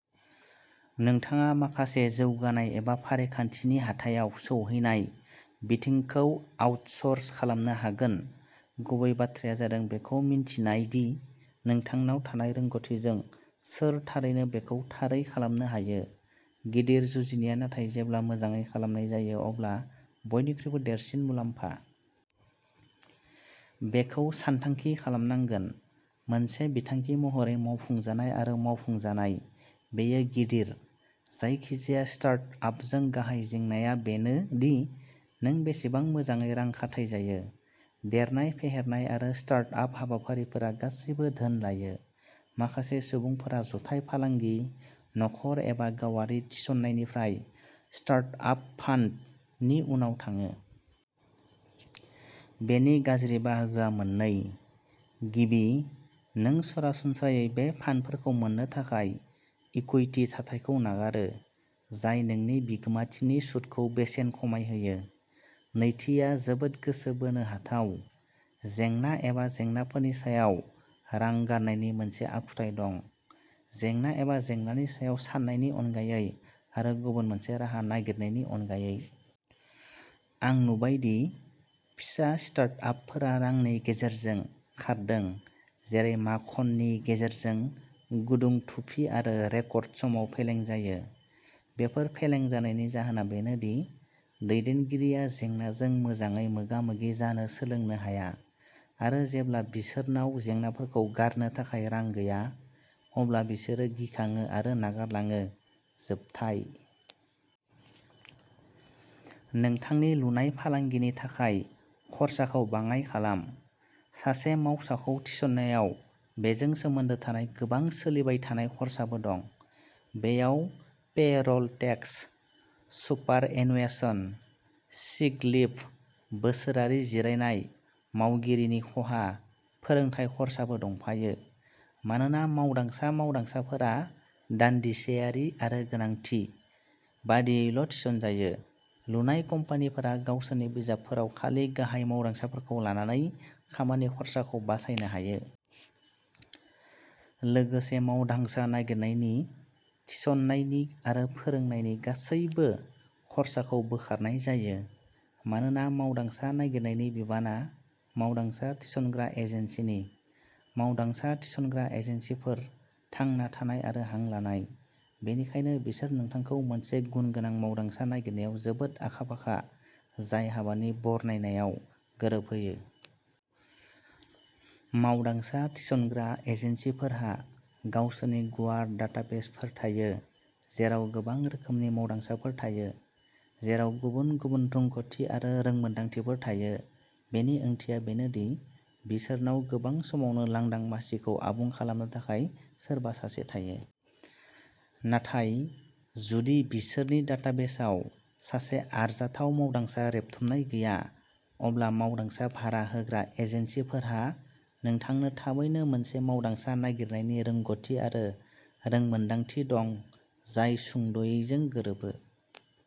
नोंथाङा माखासे जौगानाय एबा फारिखान्थिनि "हाथायाव सौहैनाय" बिथिंखौ आउटसोर्स खालामनो हागोन-गुबै बाथ्राया जादों बेखौ मिन्थिनाय दि नोंथांनाव थानाय रोंग'थिजों सोर थारैनो बेखौ थारै खालामनो हायो। गिदिर जुजिनाया नाथाय जेब्ला मोजाङै खालामनाय जायो अब्ला बयनिख्रुइबो देरसिन मुलाम्फा। बेखौ सानथांखि खालामनांगोन। मोनसे बिथांखि महरै मावफुंजानाय आरो मावफुंजानाय। बेयो गिदिर। जायखिजाया स्टार्ट आपजों गाहाय जेंनाआ बेनो दि नों बेसेबां मोजाङै रां खाथायजायो? देरनाय, फेहेरनाय आरो स्टार्ट आप हाबाफारिफोरा गासैबो धोन लायो। माखासे सुबुंफोरा जथाय फालांगि, नखर एबा गावारि थिसननायनिफ्राय "स्टार्ट आप फान्ड" नि उनाव थाङो। बेनि गाज्रि बाहागोआ मोननै। गिबि, नों सरासनस्रायै बे फान्डफोरखौ मोननो थाखाय इकुइटि थाथायखौ नागारो, जाय नोंनि बिगोमाथिनि सुदखौ बेसेन खमायहोयो। नैथिआ जोबोद गोसो बोनो हाथाव-जेंना एबा जेंनाफोरनि सायाव रां गारनायनि मोनसे आखुथाय दं, जेंना एबा जेंनानि सायाव साननायनि अनगायै आरो गुबुन मोनसे राहा नागिरनायनि अनगायै। आं नुबाय दि फिसा स्टार्ट-आपफोरा रांनि गेजेरजों खारदों जेरै माखननि गेजेरजों गुदुं थुफि आरो रेकर्ड समाव फेलें जायो। बेफोर फेलें जानायनि जाहोना बेनो दि दैदेनगिरिया जेंनाजों मोजाङै मोगा-मोगि जानो सोलोंनो हाया। आरो जेब्ला बिसोरनाव जेंनाफोरखौ गारनो थाखाय रां गैया, अब्ला बिसोरो गिखाङो आरो नागारलाङो-जोबथाय। नोंथांनि लुनाय फालांगिनि थाखाय खर्साखौ बाङाय खालाम। सासे मावसाखौ थिसननायाव बेजों सोमोन्दो थानाय गोबां सोलिबाय थानाय खर्साबो दं। बेयाव payroll tax, superannuation, sick leave, बोसोरारि जिरायनाय, मावगिरिनि खहा, फोरोंथाय खर्साबो दंफायो। मानोना मावदांसा मावदांसाफोरा दानदिसेयारि आरो गोनांथि बादियैल'थिसनजायो, लुनाय कम्पानिफोरा गावसोरनि बिजाबफोराव खालि गाहाय मावदांसाफोरखौ लानानै खामानि खर्साखौ बासायनो हायो। लोगोसे, मावदांसा नागिरनायनि, थिसननायनि आरो फोरोंनायनि गासैबो खर्साखौ बोखारनाय जायो, मानोना मावदांसा नागिरनायनि बिबानआ मावदांसा थिसनग्रा एजेन्सिनि। मावदांसा थिसनग्रा एजेन्सिफोर, थांना थानाय आरो हां लानाय, बेनिखायनो बिसोर नोंथांखौ मोनसे गुनगोनां मावदांसा नागिरनायाव जोबोद आखा-फाखा जाय हाबानि बरनायनायाव गोरोबहोयो। मावदांसा थिसनग्रा एजेन्सिफोरहा गावसोरनि गुवार डाटाबेसफोर थायो, जेराव गोबां रोखोमनि मावदांसाफोर थायो, जेराव गुबुन गुबुन रोंग'थि आरो रोंमोनदांथिफोर थायो। बेनि ओंथिया बेनो दि बिसोरनाव गोबां समावनो लांदां मासिखौ आबुं खालामनो थाखाय सोरबा सासे थायो। नाथाय, जुदि बिसोरनि डाटाबेसाव सासे आरजाथाव मावदांसा रेबथुमनाय गैया, अब्ला मावदांसा भारा होग्रा एजेन्सिफोरहा नोंथांनो थाबैनो मोनसे मावदांसा नागिरनायनि रोंग'थि आरो रोंमोन्दांथि दं, जाय सुंद'यैजों गोरोबो।